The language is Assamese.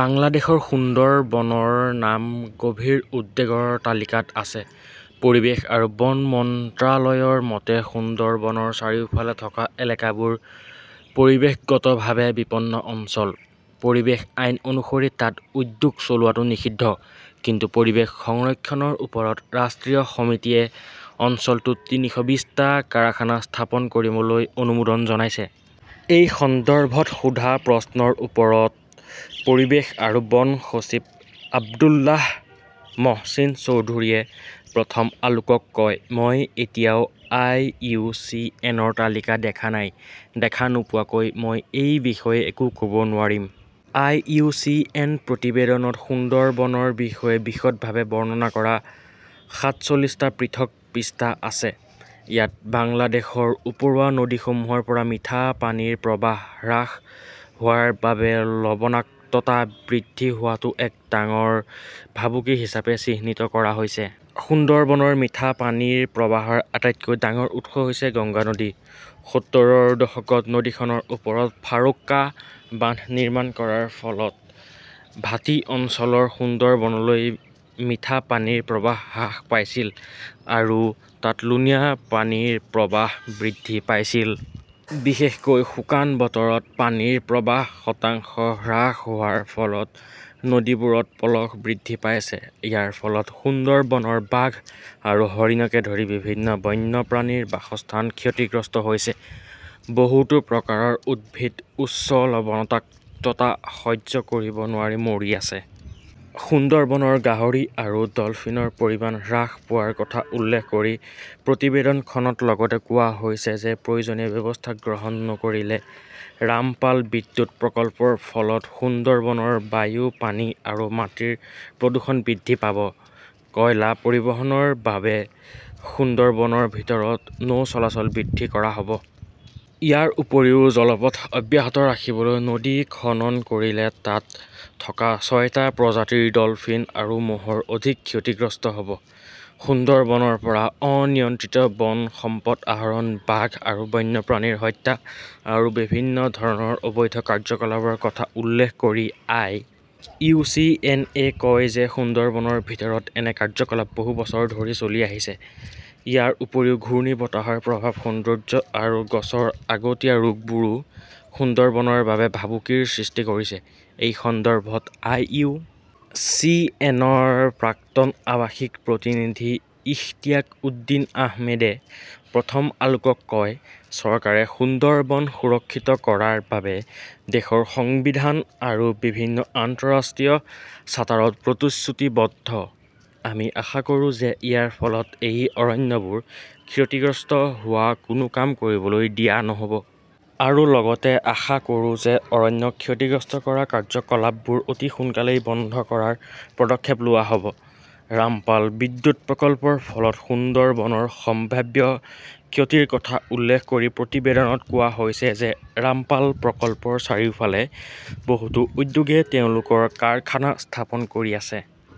বাংলাদেশৰ সুন্দৰবনৰ নাম গভীৰ উদ্বেগৰ তালিকাত আছে। পৰিৱেশ আৰু বন মন্ত্ৰালয়ৰ মতে, সুন্দৰবনৰ চাৰিওফালে থকা এলেকাবোৰ পৰিৱেশগতভাৱে বিপন্ন অঞ্চল। পৰিৱেশ আইন অনুসৰি তাত উদ্যোগ চলোৱাটো নিষিদ্ধ। কিন্তু পৰিৱেশ সংৰক্ষণৰ ওপৰত ৰাষ্ট্ৰীয় সমিতিয়ে অঞ্চলটোত তিনিশ বিশ টা কাৰখানা স্থাপন কৰিবলৈ অনুমোদন জনাইছে। এই সন্দৰ্ভত সোধা প্ৰশ্নৰ উত্তৰত পৰিৱেশ আৰু বন সচিব আব্দুল্লাহ মহচিন চৌধুৰীয়ে প্ৰথম আলোকক কয়, মই এতিয়াও আই. ইউ. চি. এন. -ৰ তালিকা দেখা নাই। দেখা নোপোৱাকৈ মই এই বিষয়ে একো ক "ব নোৱাৰিম। আই. ইউ. চি. এন. প্ৰতিবেদনত সুন্দৰবনৰ বিষয়ে বিশদভাৱে বৰ্ণনা কৰা সাত চল্লিশ টা পৃথক পৃষ্ঠা আছে। ইয়াত বাংলাদেশৰ উপৰুৱা নদীসমূহৰ পৰা মিঠা পানীৰ প্ৰবাহ হ্ৰাস হোৱাৰ বাবে লবণাক্ততা বৃদ্ধি হোৱাটো এক ডাঙৰ ভাবুকি হিচাপে চিহ্নিত কৰা হৈছে। সুন্দৰবনৰ মিঠা পানীৰ প্ৰবাহৰ আটাইতকৈ ডাঙৰ উৎস হৈছে গংগা নদী। সত্তৰ ৰ দশকত নদীখনৰ ওপৰত ফাৰক্কা বান্ধ নিৰ্মাণ কৰাৰ ফলত ভাটি অঞ্চলৰ সুন্দৰবনলৈ মিঠা পানীৰ প্ৰৱাহ হ্ৰাস পাইছিল আৰু তাত লুনীয়া পানীৰ প্ৰৱাহ বৃদ্ধি পাইছিল। বিশেষকৈ শুকান বতৰত পানীৰ প্ৰৱাহ শতাংশ হ্ৰাস হোৱাৰ ফলত নদীবোৰত পলস বৃদ্ধি পাইছে। ইয়াৰ ফলত সুন্দৰবনৰ বাঘ আৰু হৰিণকে ধৰি বিভিন্ন বন্যপ্ৰাণীৰ বাসস্থান ক্ষতিগ্ৰস্ত হৈছে। বহুতো প্ৰকাৰৰ উদ্ভিদ উচ্চ লবণাক্ততা সহ্য কৰিব নোৱাৰি মৰি আছে। সুন্দৰবনৰ গাহৰি আৰু ডলফিনৰ পৰিমাণ হ্ৰাস পোৱাৰ কথা উল্লেখ কৰি প্ৰতিবেদনখনত লগতে কোৱা হৈছে যে প্ৰয়োজনীয় ব্যৱস্থা গ্ৰহণ নকৰিলে ৰামপাল বিদ্যুৎ প্ৰকল্পৰ ফলত সুন্দৰবনৰ বায়ু, পানী আৰু মাটিৰ প্ৰদূষণ বৃদ্ধি পাব। কয়লা পৰিবহণৰ বাবে সুন্দৰবনৰ ভিতৰত নৌ চলাচল বৃদ্ধি কৰা হ'ব। ইয়াৰ উপৰিও জলপথ অব্যাহত ৰাখিবলৈ নদী খনন কৰিলে তাত থকা ছয়টা প্ৰজাতিৰ ডলফিন আৰু মহৰ অধিক ক্ষতিগ্ৰস্ত হ'ব। সুন্দৰবনৰ পৰা অনিয়ন্ত্ৰিত বন সম্পদ আহৰণ, বাঘ আৰু বন্যপ্ৰাণীৰ হত্যা আৰু বিভিন্ন ধৰণৰ অবৈধ কাৰ্যকলাপৰ কথা উল্লেখ কৰি আই. ইউ. চি. এন. -এ কয় যে সুন্দৰবনৰ ভিতৰত এনে কাৰ্যকলাপ বহু বছৰ ধৰি চলি আহিছে। ইয়াৰ উপৰিও ঘূৰ্ণীবতাহৰ প্ৰভাৱ, সৌন্দৰ্য্য আৰু গছৰ আগতীয়া ৰোগবোৰো সুন্দৰবনৰ বাবে ভাবুকিৰ সৃষ্টি কৰিছে। এই সন্দৰ্ভত আই. ইউ. চি. এন. -ৰ প্ৰাক্তন আৱাসিক প্ৰতিনিধি ইশতিয়াক উদ্দীন আহমেদে প্ৰথম আলোকক কয়, চৰকাৰে সুন্দৰবন সুৰক্ষিত কৰাৰ বাবে দেশৰ সংবিধান আৰু বিভিন্ন আন্তঃৰাষ্ট্ৰীয় চাৰ্টাৰত প্ৰতিশ্ৰুতিবদ্ধ। আমি আশা কৰোঁ যে ইয়াৰ ফলত এই অৰণ্যবোৰ ক্ষতিগ্ৰস্ত হোৱা কোনো কাম কৰিবলৈ দিয়া নহ 'ব। আৰু লগতে আশা কৰোঁ যে অৰণ্যক ক্ষতিগ্ৰস্ত কৰা কাৰ্যকলাপবোৰ অতি সোনকালেই বন্ধ কৰাৰ পদক্ষেপ লোৱা হ'ব। ৰামপাল বিদ্যুৎ প্ৰকল্পৰ ফলত সুন্দৰবনৰ সম্ভাৱ্য ক্ষতিৰ কথা উল্লেখ কৰি প্ৰতিবেদনত কোৱা হৈছে যে ৰামপাল প্ৰকল্পৰ চাৰিওফালে বহুতো উদ্যোগে তেওঁলোকৰ কাৰখানা স্থাপন কৰি আছে।